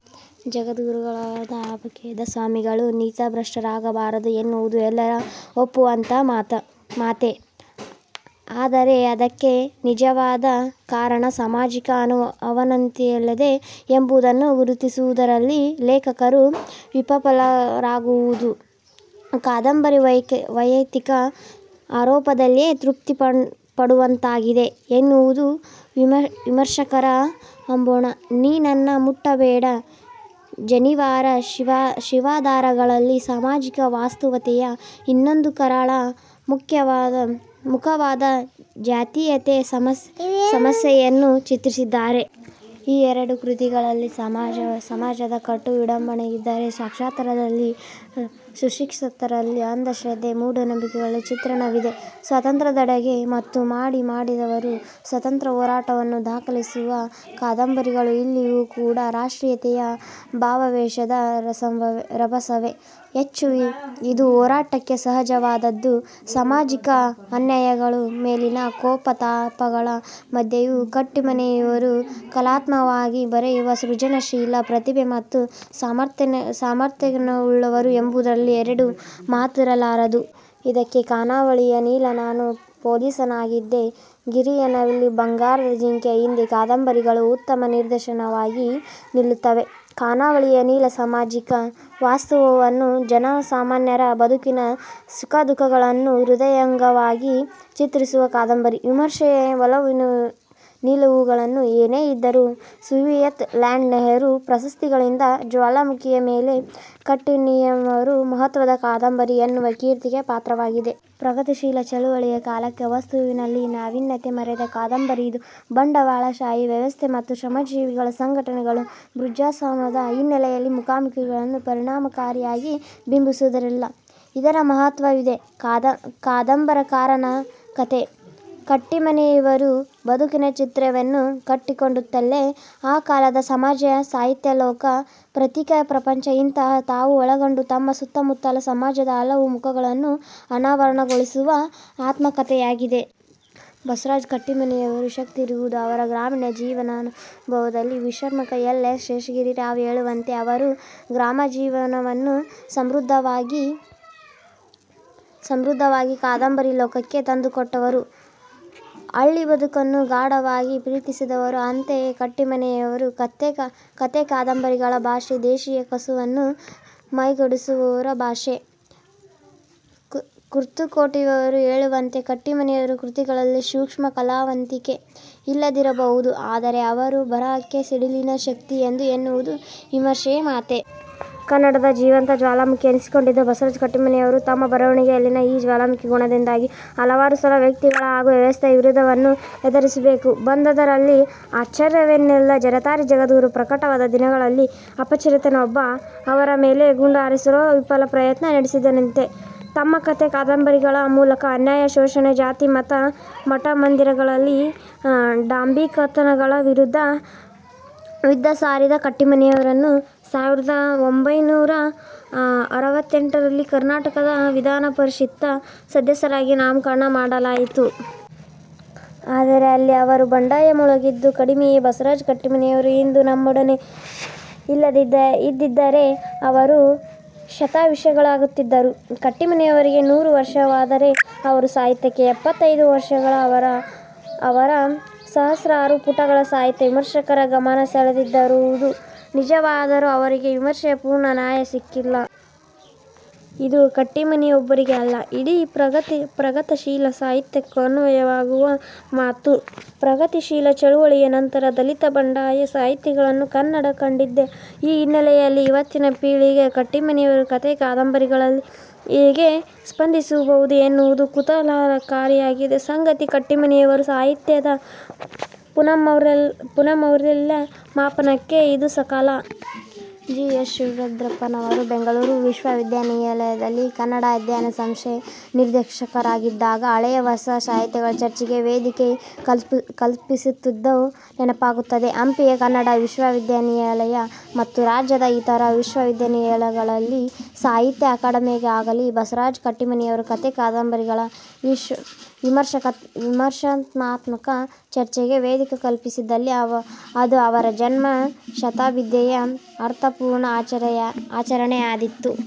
ಜಗದ್ಗುರುಗಳಾಗಬೇಕಾದ ಸ್ವಾಮಿಗಳು ನೀತಿಭ್ರಷ್ಟರಾಗಬಾರದು ಎನ್ನುವುದು ಎಲ್ಲರೂ ಒಪ್ಪುವಂತಹ ಮಾತೇ. ಆದರೆ ಇದಕ್ಕೆ ನಿಜವಾದ ಕಾರಣ ಸಾಮಾಜಿಕ ಅವನತಿಯಲ್ಲದೆ ಎಂಬುದನ್ನು ಗುರುತಿಸುವುದರಲ್ಲಿ ಲೇಖಕರು ವಿಫಲವಾಗುವುದರಿಂದ ಕಾದಂಬರಿ ವೈಯಕ್ತಿಕ ಆರೋಪದಲ್ಲೇ ತೃಪ್ತಿಪಡುವಂತಾಗಿದೆ ಎನ್ನುವುದು ವಿಮರ್ಶಕರ ಅಂಬೋಣ. 'ನೀ ನನ್ನ ಮುಟ್ಟಬೇಡ', 'ಜನಿವಾರ ಶಿವದಾರ'ಗಳಲ್ಲಿ ಸಾಮಾಜಿಕ ವಾಸ್ತವತೆಯ ಇನ್ನೊಂದು ಕರಾಳ ಮುಖವಾದ ಜಾತೀಯತೆ ಸಮಸ್ಯೆಯನ್ನು ಚಿತ್ರಿಸಿದ್ದಾರೆ. ಈ ಎರಡು ಕೃತಿಗಳಲ್ಲಿ ಸಮಾಜದ ಕಟು ವಿಡಂಬನೆ ಇದ್ದರೆ, 'ಸಾಕ್ಷಾತ್ಕಾರ'ದಲ್ಲಿ ಸುಶಿಕ್ಷಿತರ ಅಂಧಶ್ರದ್ಧೆ, ಮೂಢನಂಬಿಕೆಗಳ ಚಿತ್ರಣವಿದೆ. 'ಸ್ವಾತಂತ್ರ್ಯದೆಡೆಗೆ' ಮತ್ತು 'ಮಾಡಿ ಮಡಿದವರು' ಸ್ವಾತಂತ್ರ್ಯ ಹೋರಾಟವನ್ನು ದಾಖಲಿಸುವ ಕಾದಂಬರಿಗಳು. ಇಲ್ಲಿಯೂ ಕೂಡ ರಾಷ್ಟ್ರೀಯತೆಯ ಭಾವಾವೇಶದ ರಭಸವೇ ಹೆಚ್ಚು. ಇದು ಹೋರಾಟಕ್ಕೆ ಸಹಜವಾದದ್ದೇ. ಸಾಮಾಜಿಕ ಅನ್ಯಾಯಗಳ ಮೇಲಿನ ಕೋಪತಾಪಗಳ ಮಧ್ಯೆಯೂ ಕಟ್ಟೀಮನಿಯವರು ಕಲಾತ್ಮಕವಾಗಿ ಬರೆಯುವ ಸೃಜನಶೀಲ ಪ್ರತಿಭೆ ಮತ್ತು ಸಾಮರ್ಥ್ಯಗಳನ್ನುಳ್ಳವರು ಎಂಬುದರಲ್ಲಿ ಎರಡು ಮಾತಿರಲಾರದು. ಇದಕ್ಕೆ, 'ಖಾನಾವಳಿಯ ನೀಲ', 'ನಾನು ಪೊಲೀಸನಾಗಿದ್ದೆ, 'ಗಿರಿಯ ನವಿಲು', 'ಬಂಗಾರದ ಜಿಂಕೆಯ ಹಿಂದೆ' ಕಾದಂಬರಿಗಳು ಉತ್ತಮ ನಿದರ್ಶನವಾಗಿ ನಿಲ್ಲುತ್ತವೆ. 'ಖಾನಾವಳಿಯ ನೀಲ' ಸಾಮಾಜಿಕ ವಾಸ್ತವವನ್ನು, ಜನಸಾಮಾನ್ಯರ ಬದುಕಿನ ಸುಖದುಃಖಗಳನ್ನು ಹೃದಯಂಗಮವಾಗಿ ಚಿತ್ರಿಸುವ ಕಾದಂಬರಿ. ವಿಮರ್ಶೆಯ ಒಲವುನಿಲುವುಗಳು ಏನೇ ಇದ್ದರೂ, 'ಸೋವಿಯತ್ ಲ್ಯಾಂಡ್ ನೆಹರೂ ಪ್ರಶಸ್ತಿ'ಗಳಿಸಿದ 'ಜ್ವಾಲಾಮುಖಿಯ ಮೇಲೆ' ಕಟ್ಟೀಮನಿಯವರ ಮಹತ್ವದ ಕಾದಂಬರಿ ಎನ್ನುವ ಕೀರ್ತಿಗೆ ಪಾತ್ರವಾಗಿದೆ. ಪ್ರಗತಿಶೀಲ ಚಳವಳಿಯ ಕಾಲಕ್ಕೆ ವಸ್ತುವಿನಲ್ಲಿ ನಾವೀನ್ಯತೆ ಮೆರೆದ ಕಾದಂಬರಿ ಇದು. ಬಂಡವಾಳಶಾಹಿ ವ್ಯವಸ್ಥೆ ಮತ್ತು ಶ್ರಮಜೀವಿಗಳ ಸಂಘಟನೆಗಳು ಬೂರ್ಜ್ವಾಸಮಾಜದ ಹಿನ್ನೆಲೆಯಲ್ಲಿ ಮುಖಾಮುಖಿಯಾಗುವುದನ್ನು ಪರಿಣಾಮಕಾರಿಯಾಗಿ ಬಿಂಬಿಸುವುದರಲ್ಲಿ ಇದರ ಮಹತ್ವವಿದೆ. 'ಕಾದಂಬರಕಾರನ ಕಥೆ' ಕಟ್ಟೀಮನಿಯವರ ಬದುಕಿನ ಚಿತ್ರವನ್ನು ಕಟ್ಟಿಕೊಡುತ್ತಲೇ ಆ ಕಾಲದ ಸಮಾಜ, ಸಾಹಿತ್ಯಲೋಕ, ಪತ್ರಿಕಾ ಪ್ರಪಂಚ-ಇಂತಹ, ತಾವು ಒಳಗೊಂಡ ತಮ್ಮ ಸುತ್ತಮುತ್ತಲ ಸಮಾಜದ ಹಲವು ಮುಖಗಳನ್ನು ಅನಾವರಣಗೊಳಿಸುವ ಆತ್ಮಕಥೆಯಾಗಿದೆ. ಬಸವರಾಜ ಕಟ್ಟೀಮನಿಯವರ ಶಕ್ತಿ ಇರುವುದು ಅವರ ಗ್ರಾಮೀಣ ಜೀವನಾನುಭವದಲ್ಲಿ. ವಿಮರ್ಶಕ ಎಲ್. ಎಸ್. ಶೇಷಗಿರಿ ರಾವ್ ಹೇಳುವಂತೆ, ಅವರು ಗ್ರಾಮಜೀವನವನ್ನು ಸಮೃದ್ಧವಾಗಿ ಕಾದಂಬರಿ ಲೋಕಕ್ಕೆ ತಂದುಕೊಟ್ಟವರು. ಹಳ್ಳಿ ಬದುಕನ್ನು ಗಾಢವಾಗಿ ಪ್ರೀತಿಸಿದವರು. ಅಂತೆಯೇ ಕಟ್ಟೀಮನಿಯವರ ಕಥೆ, ಕಾದಂಬರಿಗಳ ಭಾಷೆ ದೇಸಿಯ ಕಸುವನ್ನು ಮೈಗೂಡಿಸಿಕೊಂಡಿರುವ ಭಾಷೆ. ಕುರ್ತಕೋಟಿಯವರು ಹೇಳುವಂತೆ ಕಟ್ಟೀಮನಿಯವರ ಕೃತಿಗಳಲ್ಲಿ ಸೂಕ್ಷ್ಮ ಕಲಾವಂತಿಕೆ ಇಲ್ಲದಿರಬಹುದು, ಆದರೆ ಅವರ ಬರಹಕ್ಕೆ ಸಿಡಿಲಿನ ಶಕ್ತಿ ಇದೆ ಎನ್ನುವುದೂ ವಿಮರ್ಶೆಯ ಮಾತೇ. ಕನ್ನಡದ ಜೀವಂತ ಜ್ವಾಲಾಮುಖಿ ಎನ್ನಿಸಿಕೊಂಡಿದ್ದ ಬಸವರಾಜ ಕಟ್ಟೀಮನಿಯವರು ತಮ್ಮ ಬರವಣಿಗೆಯಲ್ಲಿನ ಈ ಜ್ವಾಲಾಮುಖಿ ಗುಣದಿಂದಾಗಿ ಹಲವಾರು ಸಲ ವ್ಯಕ್ತಿಗಳ ಹಾಗೂ ವ್ಯವಸ್ಥೆಯ ವಿರೋಧವನ್ನೂ ಎದುರಿಸಬೇಕಾಗಿ ಬಂದುದರಲ್ಲಿ ಆಶ್ವರ್ಯವೇನಿಲ್ಲ. 'ಜರತಾರಿ ಜಗದ್ಗುರು' ಪ್ರಕಟವಾದ ದಿನಗಳಲ್ಲಿ ಅಪರಿಚಿತನೊಬ್ಬ ಅವರ ಮೇಲೆ ಗುಂಡುಹಾರಿಸುವ ವಿಫಲ ಪ್ರಯತ್ನ ನಡೆಸಿದ್ದನಂತೆ. ತಮ್ಮ ಕಥೆ, ಕಾದಂಬರಿಗಳ ಮೂಲಕ ಅನ್ಯಾಯ, ಶೋಷಣೆ, ಜಾತಿ-ಮತ, ಮಠಮಂದಿರಗಳ ಡಾಂಭಿಕತನಗಳ ವಿರುದ್ಧ ಯುದ್ಧ ಸಾರಿದ ಕಟ್ಟೀಮನಿಯವರನ್ನು ಸಾವಿರದ ಒಂಭೈನೂರ ಅರವತ್ತೆಂಟರಲ್ಲಿ ಕರ್ನಾಟಕ ವಿಧಾನಪರಿಷತ್ತಿನ ಸದಸ್ಯರಾಗಿ ನಾಮಕರಣ ಮಾಡಲಾಯಿತು. ಆದರೆ ಅಲ್ಲಿ ಅವರ ಬಂಡಾಯ ಮೊಳಗಿದ್ದು ಕಡಿಮೆಯೇ. ಬಸವರಾಜ ಕಟ್ಟೀಮನಿಯವರು ಇಂದು ನಮ್ಮಡನೆ ಇದ್ದಿದ್ದರೆ ಅವರು ಶತಾಯುಷಿಗಳಾಗುತ್ತಿದ್ದರು. ಕಟ್ಟೀಮನಿಯವರಿಗೆ ನೂರು ವರ್ಷವಾದರೆ ಅವರ ಸಾಹಿತ್ಯಕ್ಕೆ ಎಪ್ಪತ್ತೈದು ವರುಷಗಳು. ಅವರ ಸಹಸ್ರಾರು ಪುಟಗಳ ಸಾಹಿತ್ಯ ವಿಮರ್ಶಕರ ಗಮನ ಸೆಳೆದಿರುವುದು ನಿಜವಾದರೂ ಅವರಿಗೆ ವಿಮರ್ಶೆಯ ಪೂರ್ಣ ನ್ಯಾಯ ಸಿಕ್ಕಿಲ್ಲ. ಇದು ಕಟ್ಟೀಮನಿಯೊಬ್ಬರಿಗೇ ಅಲ್ಲ, ಇಡೀ ಪ್ರಗತಶೀಲ ಸಾಹಿತ್ಯಕ್ಕೂ ಅನ್ವಯವಾಗುವ ಮಾತು. ಪ್ರಗತಿಶೀಲ ಚಳವಳಿಯ ನಂತರ ದಲಿತ, ಬಂಡಾಯ ಸಾಹಿತ್ಯಗಳನ್ನೂ ಕನ್ನಡ ಕಂಡಿದೆ. ಈ ಹಿನ್ನೆಲೆಯಲ್ಲಿ ಇವತ್ತಿನ ಪೀಳಿಗೆ ಕಟ್ಟೀಮನಿಯವರ ಕಥೆ, ಕಾದಂಬರಿಗಳಿಗೆ ಹೇಗೆ ಸ್ಪಂದಿಸಬಹುದು ಎನ್ನುವುದು ಕುತೂಹಲಕಾರಿಯಾದ ಸಂಗತಿ. ಕಟ್ಟೀಮನಿಯವರ ಸಾಹಿತ್ಯದ ಪುನರ್ಮೌಲ್ಯ ಮಾಪನಕ್ಕೆ ಇದು ಸಕಾಲ. ಜಿ. ಎಸ್. ಶಿವರುದ್ರಪ್ಪನವರು ಬೆಂಗಳೂರು ವಿಶ್ವವಿದ್ಯಾನಿಲಯದಲ್ಲಿ ಕನ್ನಡ ಅಧ್ಯಯನ ಸಂಸ್ಥೆ ನಿರ್ದೇಶಕರಾಗಿದ್ದಾಗ ಹಳೆ-ಹೊಸ ಸಾಹಿತ್ಯಗಳ ಚರ್ಚೆಗೆ ವೇದಿಕೆ ಕಲ್ಪಿಸುತ್ತಿದ್ದುದು ನೆನಪಾಗುತ್ತಿದೆ. ಹಂಪಿಯ ಕನ್ನಡ ವಿಶ್ವವಿದ್ಯಾನಿಲಯ ಮತ್ತು ರಾಜ್ಯದ ಇತರ ವಿಶ್ವವಿದ್ಯಾನಿಲಯಗಳಾಗಲೀ ಸಾಹಿತ್ಯ ಅಕಾಡೆಮಿಯಾಗಲೀ ಬಸವರಾಜ ಕಟ್ಟೀಮನಿಯವರ ಕಥೆ ಕಾದಂಬರಿಗಳ ವಿಮರ್ಶಾತ್ಮಕ ಚರ್ಚೆಗೆ ವೇದಿಕೆ ಕಲ್ಪಿಸಿದಲ್ಲಿ ಅದು ಅವರ ಜನ್ಮ ಶತಾಬ್ದಿಯ ಅರ್ಥಪೂರ್ಣ ಆಚರಣೆಯಾದೀತು.